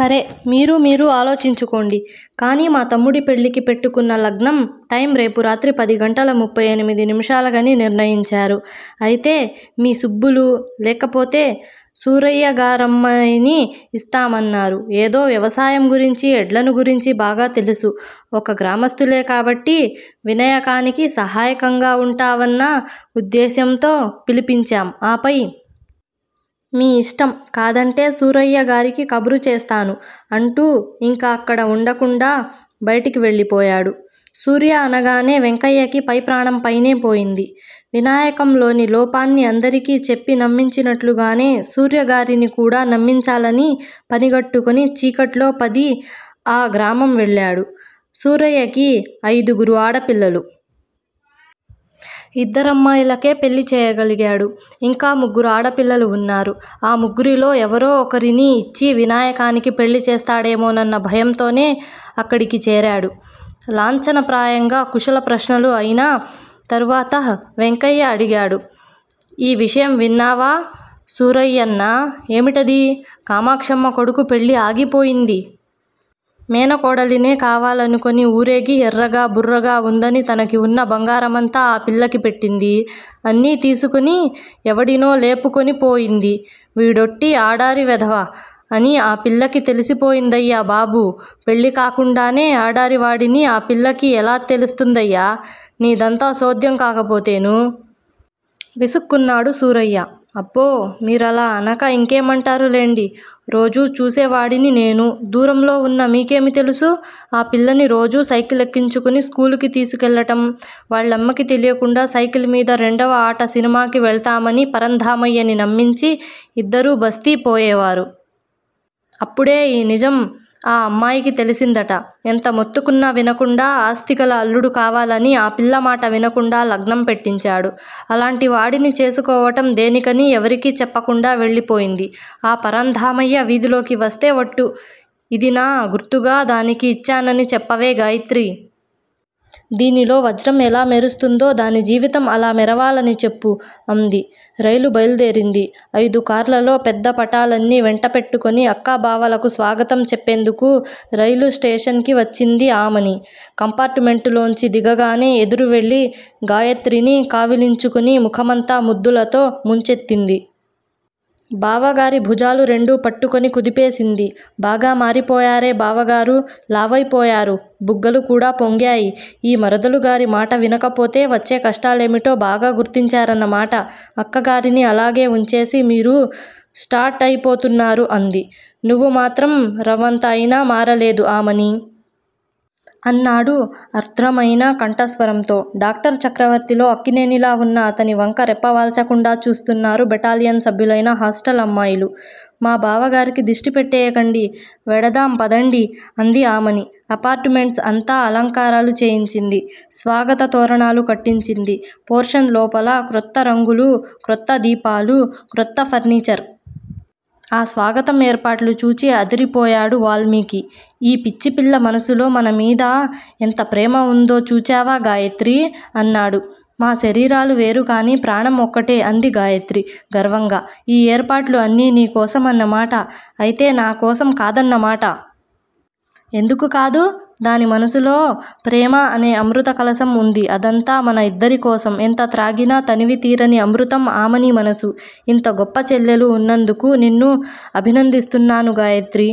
సరే! మీరు మీరు ఆలోచించుకోండి! కాని మా తమ్ముడి పెళ్ళికి పెట్టుకున్న లగ్నం టైం రేపురాత్రి పదిగంటల ముప్పైఎనిమిది నిముషాలకని నిర్ణయించారు. అయితే మీ సుబ్బులు! లేకపోతే సూరయ్యగారమ్మాయిని యిస్తామన్నారు. ఏదో వ్యవసాయం గురించి ఎడ్లను గురించి బాగా తెలుసు! ఒక గ్రామస్థులే కాబట్టి వినయకానికి సహాయంగా వుంటావన్న ఉద్దేశ్యంతో పిలిపించాం. ఆపై మీ యిష్టం కాదంటే సూరయ్యగారికి కబురు చేస్తాను! అంటూ యింక అక్కడ వుండకుండా బైటికి వెళ్ళిపోయాడు. సూర్య అనగానే వెంకయ్యకి పై ప్రాణం పైనే పోయింది. వినాయకంలోని లోపాన్ని అందరికీ చెప్పి నమ్మించినట్లుగానే సూర్యగారిని కూడా నమ్మించాలని పనిగట్టుకుని చీకట్లోపది ఆ గ్రామం వెళ్ళాడు. సూరయ్యకి అయిదుగురు ఆడపిల్లలు! యిద్దరమ్మాయిలకే పెళ్ళి చేయగలిగాడు. యింకా ముగ్గురు ఆడ పిల్లలు వున్నారు, ఆ ముగ్గురిలో ఎవరో ఒకరిని యిచ్చి వినాయకానికి పెళ్ళి చేస్తాడేమోనన్న భయంతోనే అక్కడికి చేరాడు. లాంఛనప్రాయంగా కుశల ప్రశ్నలు అయినా తరువతః వెంకయ్య అడిగాడు. ఈ విషయం విన్నావా సూరయ్యన్నా? ఏమిటది? కామాక్షమ్మ కొడుకు పెళ్ళి ఆగిపోయింది. మేనకోడలినే కావాలనుకుని ఊరేగి ఎర్రగా బుర్రగా వుందని తనకి వున్న బంగారమంతా ఆ పిల్లకి పెట్టింది. అన్నీ తీసుకుని ఎవడినో లేపుకుని పోయింది. వీడోట్టి ఆడారి వెధవ అని ఆ పిల్లకి తెలిసిపోయిందయ్యా బాబూ! పెళ్ళి కాకుండానే ఆడారివాడని ఆ పిల్లకి ఎలా తెలుస్తుందయ్యా? నీదంతా సోధ్యం కాకపోతేనూ? విసుక్కున్నాడు సూరయ్య! అబ్బో! మీరలా అనక ఇంకేమంటారు లెండి! రోజూ చూసేవాడిని నేను! దూరంలో వున్న మీకేమి తెలుసు? ఆ పిల్లని రోజూ సైకిలెక్కించుకుని స్కూలుకి తీసుకెళ్ళటం, వాళ్ళమ్మకి తెలియకుండా సైకిల్ మీద రెండవ ఆట సినిమాకి వెళ్తామని పరంధామయ్యని నమ్మించి యిద్దరూ బ'స్తీ' పోయేవారు. అప్పుడే ఈ నిజం ఆ అమ్మాయికి తెలిసిందట. ఎంత మొత్తుకున్నా వినకుండా ఆస్తిగల అల్లుడు కావాలని ఆ పిల్లమాట వినకుండా లగ్నం పెట్టించాడు. అలాంటి వాడిని చేసుకోవటం దేనికని ఎవరికీ చెప్పకుండా వెళ్ళిపోయింది. ఆ పరంధామయ్య వీధిలోకి వస్తే వట్టు. ఇది నా గుర్తుగా దానికి ఇచ్చానని చెప్పవే గాయత్రీ! దీనిలో వజ్రం ఎలా మెరుస్తుందో దాని జీవితం అలా మెరవాలని చెప్పు అంది. రైలు బయలుదేరింది! అయిదు కార్లలో పెద్ద పటాలాన్ని వెంటపెట్టుకుని అక్క బావలకు స్వాగతం చెప్పేందుకు రైలు స్టేషన్ కి వచ్చింది ఆమని! కంపార్టుమెంటులోంచి దిగగానే ఎదురువెళ్ళి గాయత్రిని కావిలించుకుని ముఖమంతా ముద్దులతో ముంచెత్తింది. బావగారి భుజాలు రెండు పట్టుకుని కుదిపేసింది. బాగా మారిపోయారే బావగారూ! లావైపోయారు. బుగ్గలు కూడా పొంగాయి. ఈ మరదలుగారి మాట వినకపోతే వచ్చే కష్టాలేమిటో బాగా గుర్తించారన్నమాట! అక్కగారిని అలాగే వుంచేసి మీరు స్టౌట్ అయిపోతున్నారు అంది. నువ్వు మాత్రం రవంత అయినా మారలేదు ఆమనీ! అన్నాడు ఆర్ధ్రమయిన కంఠస్వరంతో. డాక్టర్ చక్రవర్తిలో అక్కినేనిలా వున్న అతని వంక రెప్పవాల్చకుండా చూస్తున్నారు బెటాలియన్ సభ్యులైన హాస్టల్ అమ్మాయిలు. మా బావగారికి దిష్టి పెట్టేయకండి. వెడదాం పదండి! అంది ఆమని. అపార్టుమెంట్స్ అంతా అలంకారాలు చేయించింది. స్వాగత తోరణాలు కట్టించింది. పోర్షన్ లోపల క్రొత్త రంగులు, క్రొత్త దీపాలు, క్రొత్త ఫర్నీచర్! ఆ స్వాగతం ఏర్పాట్లు చూచి అదిరిపోయాడు వాల్మీకి. ఈ పిచ్చిపిల్ల మనసులో మనమీద ఎంత ప్రేమ ఉందో చూచావా గాయత్రీ! అన్నాడు. మా శరీరాలు వేరు కాని ప్రాణం ఒక్కటే అంది గాయత్రి గర్వంగా! ఈ ఏర్పాట్లు అన్నీ నీకోసం అన్నమాట? అయితే నాకోసం కాదన్నమాట? ఎందుకు కాదు? దాని మనసులో ప్రేమ అనే అమృతకలశం ఉంది. అదంతా మన ఇద్దరికోసం! ఎంత త్రాగినా తనివి తీరని అమృతం ఆమని మనసు! ఇంత గొప్ప చెల్లెలు ఉన్నందుకు నిన్ను అభినందిస్తున్నాను గాయత్రీ!